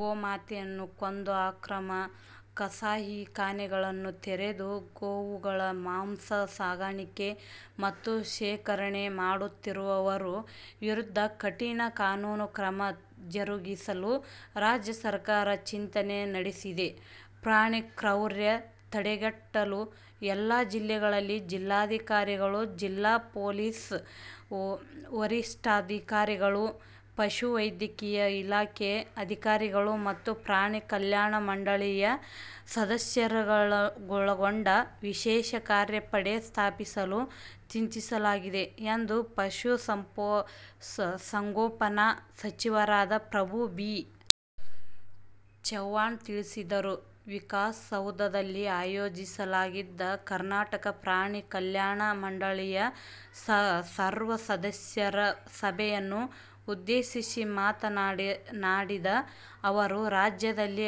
ಗೋಮಾತೆಯನ್ನು ಕೊಂದು ಅಕ್ರಮ ಕಸಾಯಿಖಾನೆಗಳನ್ನು ತೆರೆದು ಗೋವುಗಳ ಮಾಂಸ ಸಾಗಾಣಿಕೆ ಮತ್ತು ಶೇಖರಣೆ ಮಾಡುತ್ತಿರುವವರ ವಿರುದ್ಧ ಕಠಿಣ ಕಾನೂನು ಕ್ರಮ ಜರುಗಿಸಲು ರಾಜ್ಯ ಸರ್ಕಾರ ಚಿಂತನೆ ನಡೆಸಿದೆ. ಪ್ರಾಣಿ ಕ್ರೌರ್ಯ ತಡೆಗಟ್ಟಲು ಎಲ್ಲಾ ಜಿಲ್ಲೆಗಳಲ್ಲಿ ಜಿಲ್ಲಾಧಿಕಾರಿಗಳು, ಜಿಲ್ಲಾ ಪೊಲೀಸ್ ವರಿಷ್ಠಾಧಿಕಾರಿಗಳು, ಪಶು ವೈದ್ಯಕೀಯ ಇಲಾಖೆ ಅಧಿಕಾರಿಗಳು ಮತ್ತು ಪ್ರಾಣಿ ಕಲ್ಯಾಣ ಮಂಡಳಿಯ ಸದಸ್ಯರುಗಳನ್ನೊಳಗೊಂಡ ವಿಶೇಷ ಕಾರ್ಯಪಡೆ ಸ್ಥಾಪಿಸಲು ಚಿಂತಿಸಲಾಗಿದೆ ಎಂದು ಪಶು ಸಂಗೋಪನಾ ಸಚಿವರಾದ ಪ್ರಭು ಬಿ. ಚವ್ಹಾಣ್ ತಿಳಿಸಿದರು. ವಿಕಾಸಸೌಧದಲ್ಲಿ ಆಯೋಜಿಸಲಾಗಿದ್ದ ಕರ್ನಾಟಕ ಪ್ರಾಣಿ ಕಲ್ಯಾಣ ಮಂಡಳಿಯ ಸರ್ವ ಸದಸ್ಯರ ಸಭೆಯನ್ನು ಉದ್ದೇಶಿಸಿ ಮಾತನಾಡಿದ ಅವರು, ರಾಜ್ಯದಲ್ಲಿ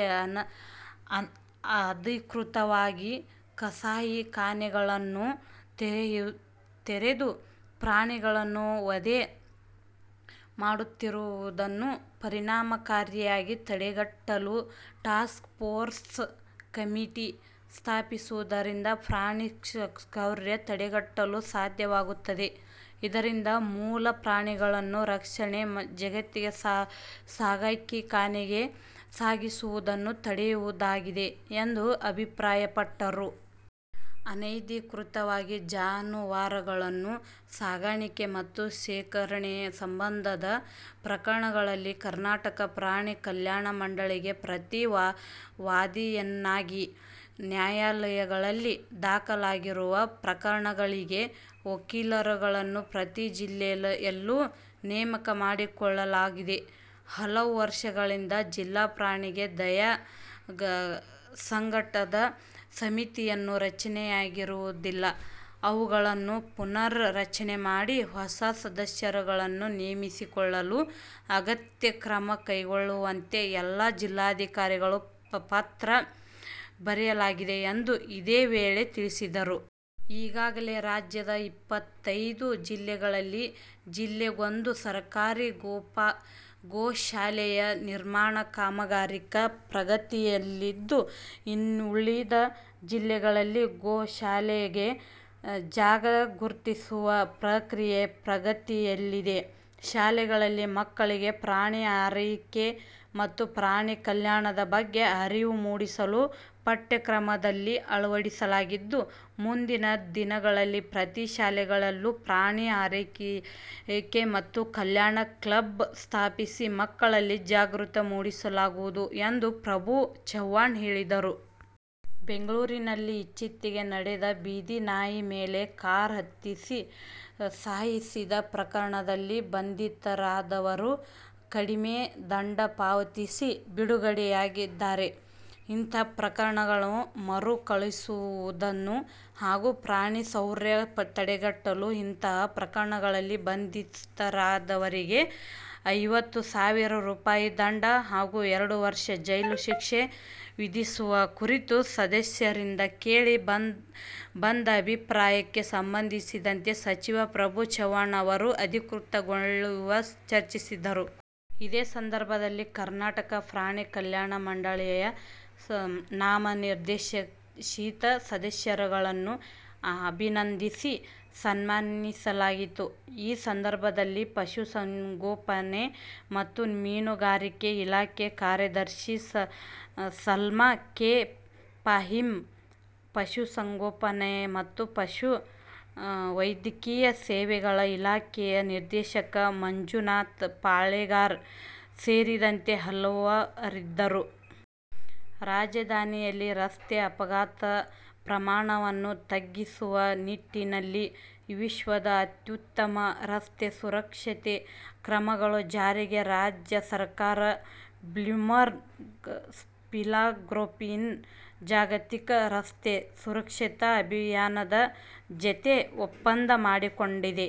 ಅನಧಿಕೃತವಾಗಿ ಕಸಾಯಿ ಖಾನೆಗಳನ್ನು ತೆರೆದು ಪ್ರಾಣಿಗಳನ್ನು ವಧೆ ಮಾಡುತ್ತಿರುವುದನ್ನು ಪರಿಣಾಮಕಾರಿಯಾಗಿ ತಡೆಗಟ್ಟಲು ಟಾಸ್ಕ್ ಪೋರ್ಸ್ ಕಮಿಟಿ ಸ್ಥಾಪಿಸುವುದರಿಂದ ಪ್ರಾಣಿ ಕ್ರೌರ್ಯ ತಡೆಗಟ್ಟಲು ಸಾಧ್ಯವಾಗುತ್ತದೆ. ಇದರಿಂದ ಮೂಕ ಪ್ರಾಣಿಗಳನ್ನು ರಕ್ಷಣೆ ಜತೆಗೆ ಕಸಾಯಿಖಾನೆಗೆ ಸಾಗಿಸುವುದನ್ನು ತಡೆಯುವುದಾಗಿದೆ ಎಂದು ಅಭಿಪ್ರಾಯಪಟ್ಟರು. ಅನಧಿಕೃತವಾಗಿ ಜಾನುವಾರುಗಳ ಸಾಗಾಣಿಕೆ ಮತ್ತು ಶೇಖರಣೆ ಸಂಬಂಧ ಪ್ರಕರಣಗಳಲ್ಲಿ ಕರ್ನಾಟಕ ಪ್ರಾಣಿ ಕಲ್ಯಾಣ ಮಂಡಳಿಗೆ ಪ್ರತಿ ವಾದಿಯನ್ನಾಗಿ ನ್ಯಾಯಲಯಗಳಲ್ಲಿ ದಾಖಲಾಗಿರುವ ಪ್ರಕರಣಗಳಿಗೆ ವಕೀಲರುಗಳನ್ನು ಪ್ರತಿ ಜಿಲ್ಲೆಯಲ್ಲೂ ನೇಮಕ ಮಾಡಿಕೊಳ್ಳಲಾಗಿದೆ. ಹಲವು ವರ್ಷಗಳಿಂದ ಜಿಲ್ಲಾ ಪ್ರಾಣಿ ದಯಾ ಸಂಘದ ಸಮಿತಿಗಳು ರಚನೆಯಾಗಿರುವುದಿಲ್ಲ. ಅವುಗಳನ್ನು ಪುನರ್ ರಚನೆ ಮಾಡಿ ಹೊಸ ಸದಸ್ಯರುಗಳನ್ನು ನೇಮಿಸಿಕೊಳ್ಳಲು ಅಗತ್ಯ ಕ್ರಮ ಕೈಗೊಳ್ಳುವಂತೆ ಎಲ್ಲಾ ಜಿಲ್ಲಾಧಿಕಾರಿಗಳಿಗೆ ಪತ್ರ ಬರೆಯಲಾಗಿದೆ ಎಂದು ಇದೇ ವೇಳೆ ತಿಳಿಸಿದರು. ಈಗಾಗಲೇ ರಾಜ್ಯದ ಇಪ್ಪತೈದು ಜಿಲ್ಲೆಗಳಲ್ಲಿ ಜಿಲ್ಲೆಗೊಂದು ಸರ್ಕಾರಿ ಗೋಶಾಲೆಯ ನಿರ್ಮಾಣ ಕಾಮಗಾರಿ ಪ್ರಗತಿಯಲ್ಲಿದ್ದು, ಇನ್ನೂಳಿದ ಜಿಲ್ಲೆಗಳಲ್ಲಿ ಗೋಶಾಲೆಗೆ ಜಾಗ ಗುರ್ತಿಸುವ ಪ್ರಕ್ರಿಯೆ ಪ್ರಗತಿಯಲ್ಲಿದೆ. ಶಾಲೆಗಳಲ್ಲಿ ಮಕ್ಕಳಿಗೆ ಪ್ರಾಣಿ ಆರೈಕೆ ಮತ್ತು ಪ್ರಾಣಿ ಕಲ್ಯಾಣದ ಬಗ್ಗೆ ಅರಿವು ಮೂಡಿಸಲು ಪಠ್ಯಕ್ರಮದಲ್ಲಿ ಅಳವಡಿಸಲಾಗಿದ್ದು, ಮುಂದಿನ ದಿನಗಳಲ್ಲಿ ಪ್ರತಿ ಶಾಲೆಗಳಲ್ಲೂ ಪ್ರಾಣಿ ಆರೈಕೆ ಮತ್ತು ಕಲ್ಯಾಣ ಕ್ಲಬ್ ಸ್ಥಾಪಿಸಿ, ಮಕ್ಕಳಲ್ಲಿ ಜಾಗೃತಿ ಮೂಡಿಸಲಾಗುವುದು ಎಂದು ಪ್ರಭು ಚವ್ಹಾಣ್ ಹೇಳಿದರು. ಬೆಂಗಳೂರಿನಲ್ಲಿ ಇತ್ತಿಚೆಗೆ ನಡೆದ ಬೀದಿ ನಾಯಿ ಮೇಲೆ ಕಾರ್ ಹತ್ತಿಸಿ ಸಾಯಿಸಿದ ಪ್ರಕರಣದಲ್ಲಿ ಬಂಧಿತರಾದವರು ಕಡಿಮೆ ದಂಡ ಪಾವತಿಸಿ, ಬಿಡುಗಡೆಯಾಗಿದ್ದಾರೆ. ಇಂತಹ ಪ್ರಕರಣಗಳು ಮರುಕಳುಹಿಸುವುದನ್ನು ಹಾಗೂ ಪ್ರಾಣಿ ಕ್ರೌರ್ಯ ತಡೆಗಟ್ಟಲು ಇಂತಹ ಪ್ರಕರಣಗಳಲ್ಲಿ ಬಂಧಿತರಾದವರಿಗೆ ಐವತ್ತು ಸಾವಿರ ರುಪಾಯಿ ದಂಡ ಹಾಗೂ ಎರಡು ವರ್ಷ ಜೈಲು ಶಿಕ್ಷೆ ವಿಧಿಸುವ ಕುರಿತು ಸದಸ್ಯರಿಂದ ಕೇಳಿ ಬಂದ ಅಭಿಪ್ರಾಯಕ್ಕೆ ಸಂಬಂಧಿಸಿದಂತೆ ಸಚಿವ ಪ್ರಭು ಚವ್ಹಾಣ್ ಅವರು ಅಧಿಕಾರಿಗಳೊಂದಿಗೆ ಚರ್ಚಿಸಿದರು. ಇದೇ ಸಂದರ್ಭದಲ್ಲಿ ಕರ್ನಾಟಕ ಪ್ರಾಣಿ ಕಲ್ಯಾಣ ಮಂಡಳಿಯ ನಾಮನಿರ್ದೇಶಿತ ಸದಸ್ಯರುಗಳನ್ನು ಅಭಿನಂದಿಸಿ, ಸನ್ಮಾನಿಸಲಾಯಿತು. ಈ ಸಂದರ್ಭದಲ್ಲಿ ಪಶು ಸಂಗೋಪನೆ ಮತ್ತು ಮೀನುಗಾರಿಕೆ ಇಲಾಖೆ ಕಾರ್ಯದರ್ಶಿ ಸಲ್ಮಾ ಕೆ. ಫಾಹೀಮ್, ಪಶು ಸಂಗೋಪನೆ ಮತ್ತು ಪಶು ವೈದ್ಯಕೀಯ ಸೇವೆಗಳ ಇಲಾಖೆಯ ನಿರ್ದೇಶಕ ಮಂಜುನಾಥ್ ಪಾಳೆಗಾರ್ ಸೇರಿದಂತೆ ಹಲವರಿದ್ದರು. ರಾಜಧಾನಿಯಲ್ಲಿ ರಸ್ತೆ ಅಪಘಾತ ಪ್ರಮಾಣವನ್ನು ತಗ್ಗಿಸುವ ನಿಟ್ಟಿನಲ್ಲಿ ವಿಶ್ವದ ಅತ್ಯುತ್ತಮ ರಸ್ತೆ ಸುರಕ್ಷತೆ ಕ್ರಮಗಳ ಜಾರಿಗೆ ರಾಜ್ಯ ಸರ್ಕಾರ 'ಬ್ಲೂಮ್ಬರ್ಗ್ ಫಿಲಾಂತ್ರೊಫಿನ್ ಜಾಗತಿಕ ರಸ್ತೆ ಸುರಕ್ಷತಾ ಅಭಿಯಾನದ ಜತೆ ಒಪ್ಪಂದ ಮಾಡಿಕೊಂಡಿದೆ.